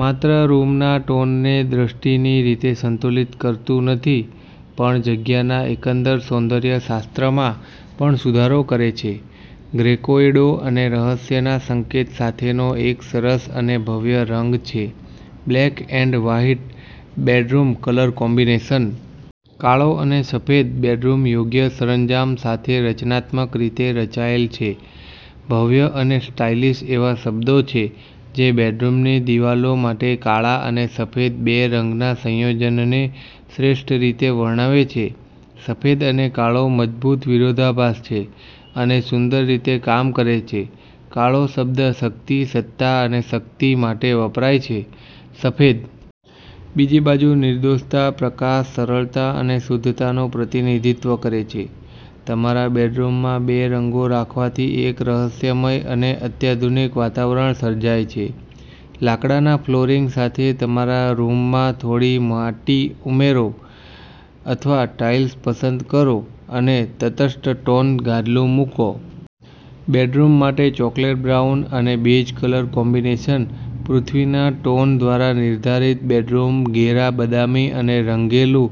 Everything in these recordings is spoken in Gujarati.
માત્ર રૂમના ટોનને દૃષ્ટિની રીતે સંતુલિત કરતું નથી પણ જગ્યાના એકંદર સૌંદર્ય શાસ્ત્રમાં પણ સુધારો કરે છે. ગ્રેકોયડો અને રહસ્યના સંકેત સાથેનો એક સરસ અને ભવ્ય રંગ છે. Black and white bedroom colour combination. કાળો અને સફેદ બેડરૂમ યોગ્ય સરંજામ સાથે રચનાત્મક રીતે રચાયેલ છે ભવ્ય અને સ્ટાઇલિશ એવા શબ્દો છે જે બેડરૂમની દિવાલો માટે કાળા અને સફેદ બે રંગના સંયોજનને શ્રેષ્ઠ રીતે વર્ણવે છે. સફેદ અને કાળો મજબૂત વિરોધાભાસ છે અને સુંદર રીતે કામ કરે છે, કાળો શબ્દ શક્તિ, સત્તા અને શક્તિ માટે વપરાય છે .સફેદ, બીજી બાજુ, નિર્દોષતા, પ્રકાશ, સરળતા અને શુદ્ધતાનું પ્રતિનિધિત્વ કરે છે. તમારા બેડરૂમમાં બે રંગો રાખવાથી એક રહસ્યમય અને અત્યાધુનિક વાતાવરણ સર્જાય છે. લાકડાના ફ્લોરિંગ સાથે તમારા રૂમમાં થોડી માટી ઉમેરો અથવા ટાઇલ્સ પસંદ કરો અને તટસ્થ-ટોન ગાદલું મૂકો. બેડરૂમ માટે ચોકલેટ બ્રાઉન અને બેજ કલર કોમ્બિનેશન .પૃથ્વીના ટોન દ્વારા નિર્ધારિત બેડરૂમઘેરા બદામી અને રંગેલું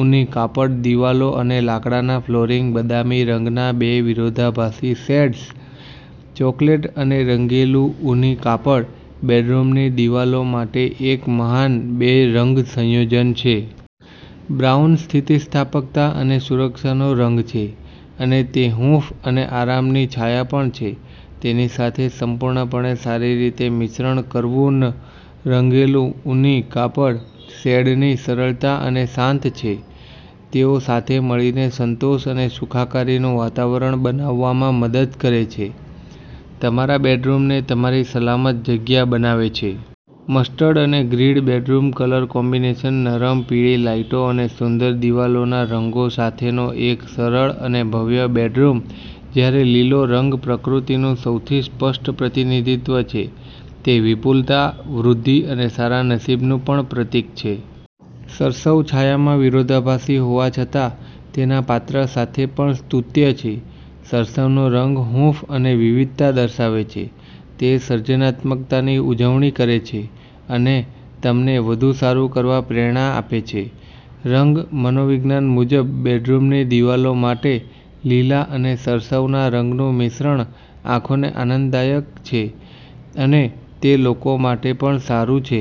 ઊની કાપડ દિવાલો અને લાકડાના ફ્લોરિંગ બદામી રંગના બે વિરોધાભાસી શેડ્સ .ચોકલેટ અને રંગેલું ઊની કાપડ બેડરૂમની દિવાલો માટે એક મહાન બે રંગ સંયોજન છે. બ્રાઉન સ્થિતિસ્થાપકતા અને સુરક્ષાનો રંગ છે, અને તે હૂંફ અને આરામની છાયા પણ છે. તેની સાથે સંપૂર્ણપણે સારી રીતે મિશ્રણ કરવુંન રંગેલું ઊની કાપડ શેડની સરળતા અને શાંત છે. તેઓ સાથે મળીને સંતોષ અને સુખાકારીનું વાતાવરણ બનાવવામાં મદદ કરે છે, તમારા બેડરૂમને તમારી સલામત જગ્યા બનાવે છે. મસ્ટર્ડ અને ગ્રીન બેડરૂમ કલર કોમ્બિનેશન. નરમ પીળી લાઇટો અને સુંદર દિવાલોના રંગો સાથેનો એક સરળ અને ભવ્ય બેડરૂમ. જ્યારે લીલો રંગ પ્રકૃતિનું સૌથી સ્પષ્ટ પ્રતિનિધિત્વ છે, તે વિપુલતા, વૃદ્ધિ અને સારા નસીબનું પણ પ્રતીક છે. સરસવ, છાયામાં વિરોધાભાસી હોવા છતાં, તેના પાત્ર સાથે પણ સ્તુત્ય છે. સરસવનો રંગ હૂંફ અને વિવિધતા દર્શાવે છે તે સર્જનાત્મકતાની ઉજવણી કરે છે અને તમને વધુ સારું કરવા પ્રેરણા આપે છે. રંગ મનોવિજ્ઞાન મુજબ, બેડરૂમની દિવાલો માટે લીલા અને સરસવના રંગનું મિશ્રણ આંખોને આનંદદાયક છે અને તે લોકો માટે પણ સારું છે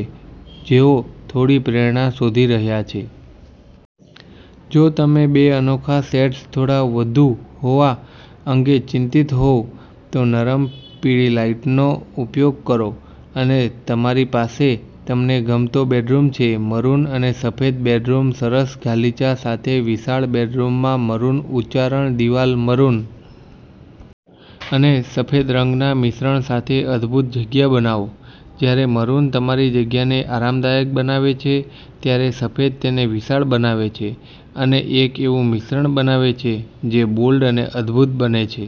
જેઓ થોડી પ્રેરણા શોધી રહ્યા છે. જો તમે બે અનોખા શેડ્સ થોડા વધુ હોવા અંગે ચિંતિત હોવ, તો નરમ, પીળી લાઇટનો ઉપયોગ કરો અને તમારી પાસે તમને ગમતો બેડરૂમ છે! મરૂન અને સફેદ બેડરૂમ સરસ ગાલીચા સાથે વિશાળ બેડરૂમમાં મરૂન ઉચ્ચારણ દિવાલ .મરૂન અને સફેદ રંગના મિશ્રણ સાથે અદભૂત જગ્યા બનાવો. જ્યારે મરૂન તમારી જગ્યાને આરામદાયક બનાવે છે, ત્યારે સફેદ તેને વિશાળ બનાવે છે અને એક એવું મિશ્રણ બનાવે છે જે બોલ્ડ અને અદભૂત બંને છે.